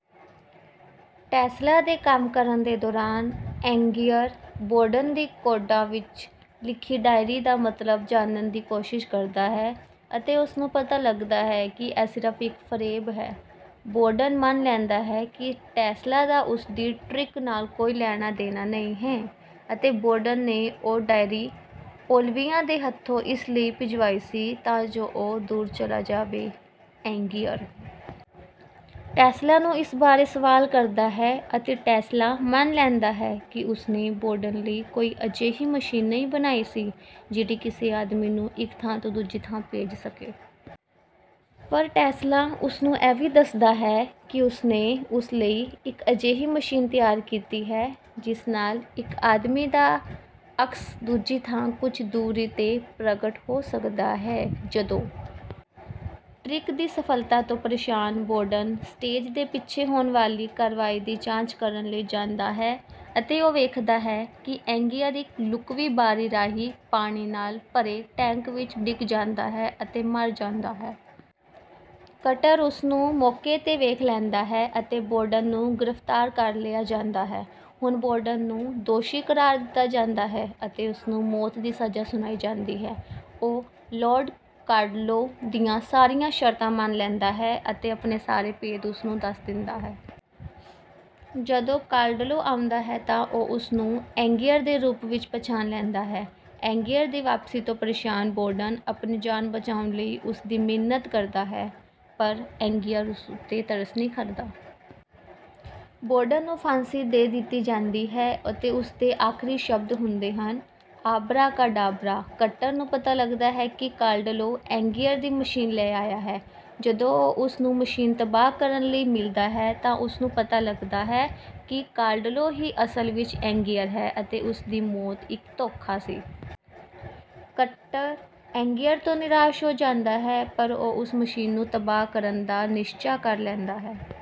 Tesla ਦੇ ਕੰਮ ਕਰਨ ਦੇ ਦੌਰਾਨ ਐਂਗੀਅਰ, ਬੌਰਡਨ ਦੀ ਕੋਡਾਂ ਵਿੱਚ ਲਿਖੀ ਡਾਇਰੀ ਦਾ ਮਤਲਬ ਜਾਣਨ ਦੀ ਕੋਸ਼ਿਸ਼ ਕਰਦਾ ਹੈ ਅਤੇ ਉਸ ਨੂੰ ਪਤਾ ਲੱਗਦਾ ਹੈ ਕਿ ਇਹ ਸਿਰਫ਼ ਇੱਕ ਫ਼ਰੇਬ ਹੈ। ਬੌਰਡਨ ਮੰਨ ਲੈਂਦਾ ਹੈ ਕਿ ਟੈਸਲਾ ਦਾ ਉਸ ਦੀ ਟਰਿੱਕ ਨਾਲ ਕੋਈ ਲੈਣਾ-ਦੇਣਾ ਨਹੀਂ ਹੈ ਅਤੇ ਬੌਰਡਨ ਨੇ ਉਹ ਡਾਇਰੀ ਓਲੀਵੀਆ ਦੇ ਹੱਥੋਂ ਇਸ ਲਈ ਭਿਜਵਾਈ ਸੀ ਤਾਂ ਜੋ ਉਹ ਦੂਰ ਚਲਾ ਜਾਵੇ। ਐਂਗੀਅਰ ਟੈਸਲਾ ਨੂੰ ਇਸ ਬਾਰੇ ਸਵਾਲ ਕਰਦਾ ਹੈ ਅਤੇ ਟੈਸਲਾ ਮੰਨ ਲੈਂਦਾ ਹੈ ਕਿ ਉਸ ਨੇ ਬੌਰਡਨ ਲਈ ਕੋਈ ਅਜਿਹੀ ਮਸ਼ੀਨ ਨਹੀਂ ਬਣਾਈ ਸੀ, ਜਿਹੜੀ ਕਿਸੇ ਆਦਮੀ ਨੂੰ ਇੱਕ ਥਾਂ ਤੋਂ ਦੂਜੀ ਥਾਂ ਭੇਜ ਸਕੇ। ਪਰ ਟੈਸਲਾ ਉਸ ਨੂੰ ਇਹ ਵੀ ਦੱਸਦਾ ਹੈ ਕਿ ਉਸ ਨੇ ਉਸ ਲਈ ਇੱਕ ਅਜਿਹੀ ਮਸ਼ੀਨ ਤਿਆਰ ਕੀਤੀ ਹੈ, ਜਿਸ ਨਾਲ ਇੱਕ ਆਦਮੀ ਦਾ ਅਕਸ ਦੂਜੀ ਥਾਂ ਕੁਝ ਦੂਰੀ ’ਤੇ ਪ੍ਰਗਟ ਹੋ ਸਕਦਾ ਹੈ। ਜਦੋਂ ਟਰਿੱਕ ਦੀ ਸਫ਼ਲਤਾ ਤੋਂ ਪਰੇਸ਼ਾਨ ਬੌਰਡਨ ਸਟੇਜ ਦੇ ਪਿੱਛੇ ਹੋਣ ਵਾਲੀ ਕਾਰਵਾਈ ਦੀ ਜਾਂਚ ਕਰਨ ਲਈ ਜਾਂਦਾ ਹੈ ਅਤੇ ਉਹ ਵੇਖਦਾ ਹੈ ਕਿ ਐਂਗੀਅਰ ਇੱਕ ਲੁਕਵੀਂ ਬਾਰੀ ਰਾਹੀਂ ਪਾਣੀ ਨਾਲ ਭਰੇ ਟੈਂਕ ਵਿੱਚ ਡਿੱਗ ਜਾਂਦਾ ਹੈ ਅਤੇ ਮਰ ਜਾਂਦਾ ਹੈ। ਕਟਰ ਉਸ ਨੂੰ ਮੌਕੇ ’ਤੇ ਵੇਖ ਲੈਂਦਾ ਹੈ ਅਤੇ ਬੌਰਡਨ ਨੂੰ ਗ੍ਰਿਫ਼ਤਾਰ ਕਰ ਲਿਆ ਜਾਂਦਾ ਹੈ। ਹੁਣ ਬੌਰਡਨ ਨੂੰ ਦੋਸ਼ੀ ਕਰਾਰ ਦਿੱਤਾ ਜਾਂਦਾ ਹੈ ਅਤੇ ਉਸ ਨੂੰ ਮੌਤ ਦੀ ਸਜ਼ਾ ਸੁਣਾਈ ਜਾਂਦੀ ਹੈ। ਉਹ ਲਾਰਡ ਕਾਲਡਲੋ ਦੀਆਂ ਸਾਰੀਆਂ ਸ਼ਰਤਾਂ ਮੰਨ ਲੈਂਦਾ ਹੈ ਅਤੇ ਆਪਣੇ ਸਾਰੇ ਭੇਦ ਉਸ ਨੂੰ ਦੱਸ ਦਿੰਦਾ ਹੈ। ਜਦੋਂ ਕਾਲਡਲੋ ਆਉਂਦਾ ਹੈ ਤਾਂ ਉਹ ਉਸ ਨੂੰ ਐਂਗੀਅਰ ਦੇ ਰੂਪ ਵਿੱਚ ਪਛਾਣ ਲੈਂਦਾ ਹੈ। ਐਂਗੀਅਰ ਦੀ ਵਾਪਸੀ ਤੋਂ ਪਰੇਸ਼ਾਨ ਬੌਰਡਨ ਆਪਣੀ ਜਾਨ ਬਚਾਉਣ ਲਈ ਉਸ ਦੀ ਮਿੰਨਤ ਕਰਦਾ ਹੈ, ਪਰ ਐਂਗੀਅਰ ਉਸ ਉੱਤੇ ਤਰਸ ਨਹੀਂ ਕਰਦਾ। ਬੌਰਡਨ ਨੂੰ ਫ਼ਾਂਸੀ ਦੇ ਦਿੱਤੀ ਜਾਂਦੀ ਹੈ ਅਤੇ ਉਸ ਦੇ ਆਖ਼ਰੀ ਸ਼ਬਦ ਹੁੰਦੇ ਹਨ: “ਆਬਰਾ ਕਾ ਡਾਬਰਾ।”ਕਟਰ ਨੂੰ ਪਤਾ ਲੱਗਦਾ ਹੈ ਕਿ ਕਾਲਡਲੋ ਐਂਗੀਅਰ ਦੀ ਮਸ਼ੀਨ ਲੈ ਆਇਆ ਹੈ। ਜਦੋਂ ਉਹ ਉਸ ਨੂੰ ਮਸ਼ੀਨ ਤਬਾਹ ਕਰਨ ਲਈ ਮਿਲਦਾ ਹੈ ਤਾਂ ਉਸ ਨੂੰ ਪਤਾ ਲੱਗਦਾ ਹੈ ਕਿ ਕਾਲਡਲੋ ਹੀ ਅਸਲ ਵਿੱਚ ਐਂਗੀਅਰ ਹੈ ਅਤੇ ਉਸ ਦੀ ਮੌਤ ਇੱਕ ਧੋਖਾ ਸੀ। ਕਟਰ ਐਂਗੀਅਰ ਤੋਂ ਨਿਰਾਸ਼ ਹੋ ਜਾਂਦਾ ਹੈ, ਪਰ ਉਹ ਉਸ ਮਸ਼ੀਨ ਨੂੰ ਤਬਾਹ ਕਰਨ ਦਾ ਨਿਸ਼ਚਾ ਕਰ ਲੈਂਦਾ ਹੈ।